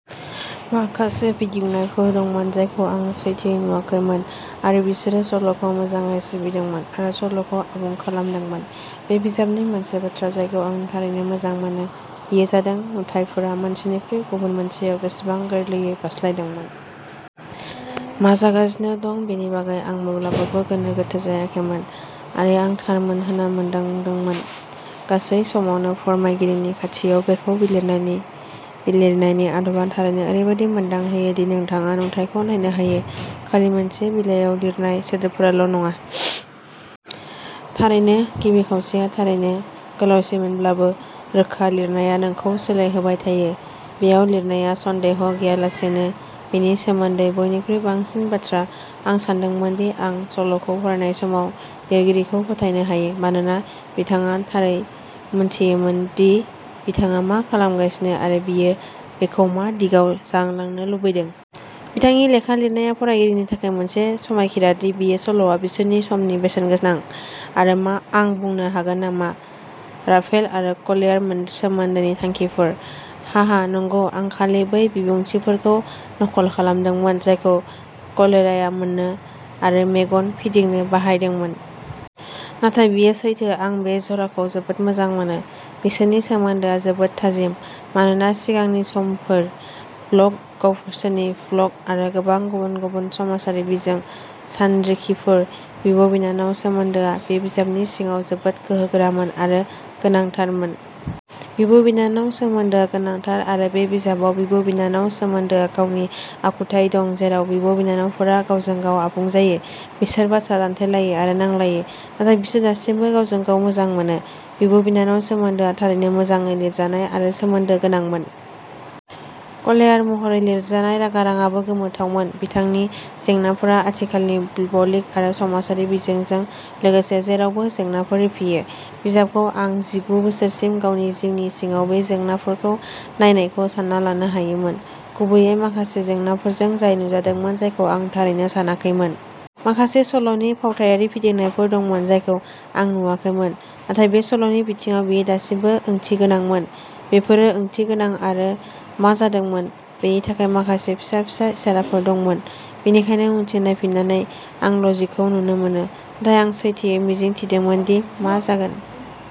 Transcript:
माखासे फिदिंनायफोर दंमोन जायखौ आं सैथोयै नुवाखैमोन, आरो बिसोरो सल'खौ मोजाङै सिबिदोंमोन आरो सल'खौ आबुं खालामदोंमोन। बे बिजाबनि मोनसे बाथ्रा जायखौ आं थारैनो मोजां मोनो बेयो जादों नुथायफोरा मोनसेनिफ्राय गुबुन मोनसेयाव बेसेबां गोरलैयै बारस्लायदोंमोन। मा जागासिनो दं बेनि बागै आं माब्लाबाबो गोनो गोथो जायाखैमोन, आरो आं थारमोन होनना मोनदोंमोन। गासै समावनो फोरमायगिरिनि खाथियाव-बेखौ लिरनायनि लिरनायनि आदबआ थारैनो ओरैबायदि मोनदांहोयो दि नोंथाङा नुथायखौ नायनो हायो, खालि मोनसे बिलाइयाव लिरनाय सोदोबफोरल'नङा। थारैनो, गिबि खावसेया थारैनो गोलावसिनमोनब्लाबो, रोखा लिरनाया नोंखौ सोलिहोबाय थायो। बेयाव लिरनाया, सन्देह गैयालासेनो, बेनि सोमोन्दै बयनिख्रुइ बांसिन बाथ्रा। आं सानदोंमोन दि आं सल'खौ फरायनाय समाव लिरगिरिखौ फोथायनो हायो, मानोना बिथाङा थारै मोनथियोमोन दि बिथाङा मा खालामगासिनो आरो बियो बेखौ मा दिगाव लांनो लुबैदों। बिथांनि रोखा लिरनाया फरायगिरिनि थाखाय मोनसे समायखिरा दि बे सल'आ बिसोरनि समनि बेसेनगोनां। आरो मा आं बुंनो हागोन नामाराफेल आरो क्लेयार सोमोन्दोनि थांखिफोर!!! हाहा, नंगौ, आं खालि बै बिबुंथिफोरखौ नकल खालामदोंमोन जायखौ क्लेयारआ मोननो आरो मेगन फिदिंनो बाहायदोंमोन। नाथाय बेयो सैथो-आं बे जराखौ जोबोद मोजां मोनो। बिसोरनि सोमोन्दोआ जोबोद थाजिम, मानोना सिगांनि समफोर। ब्लग, गावसोरनि भ्लग आरो गोबां गुबुन-गुबुन समाजारि बिजों सानरिखिफोर। बिब'- बिनानाव सोमोन्दोआ बे बिजाबनि सिङाव जोबोद गोहोगोरामोन आरो गोनांथारमोन। बिब'- बिनानाव सोमोन्दोआ गोनांथार आरो बे बिजाबाव बिब'- बिनानाव सोमोन्दोआ गावनि आखुथाय दं जेराव बिब'- बिनानावफोरा गावजों-गाव आबुं जायो। बिसोर बाथ्रा दान्थेलायो आरो नांलायो, नाथाय बिसोर दासिमबो गावजों-गाव मोजां मोनो। बिब'- बिनानाव सोमोन्दोआ थारैनो मोजाङै लिरजानाय आरो सोमोन्दो गोनांमोन। क्लेयार महरै लिरजानाय गारांआबो गोमोथावमोन। बिथांनि जेंनाफोरा आथिखालनि ब्लगिं आरो समाजारि बिजोंजों लोगोसे जेरावबो जेंनाफोरखौ रिफियो। बिजाबखौ आं जिगु बोसोरसिम गावनि जिउनि सिङाव बे जेंनाफोरखौ नायनायखौ सान्ना लानो हायोमोन, गुबैयै माखासे जेंनाफोरजों जाय नुजादोंमोन जायखौ आं थारैनो सानाखैमोन। माखासे सल'नि फावथायारि फिदिंनायफोर दंमोन जायखौ आं नुवाखैमोन, नाथाय बे सल'नि बिथिङाव बेयो दासिमबो ओंथिगोनांमोन। बेफोरो ओंथिगोनांमोन आरो मा जादोंमोन बेनि थाखाय माखासे फिसा-फिसा इसाराफोर दंमोन, बेनिखायनो उनथिं नायफिननानै। आं लजिकखौ नुनो मोनो, नाथाय आं सैथोयै मिजिं थिदोंमोन दि मा जागोन।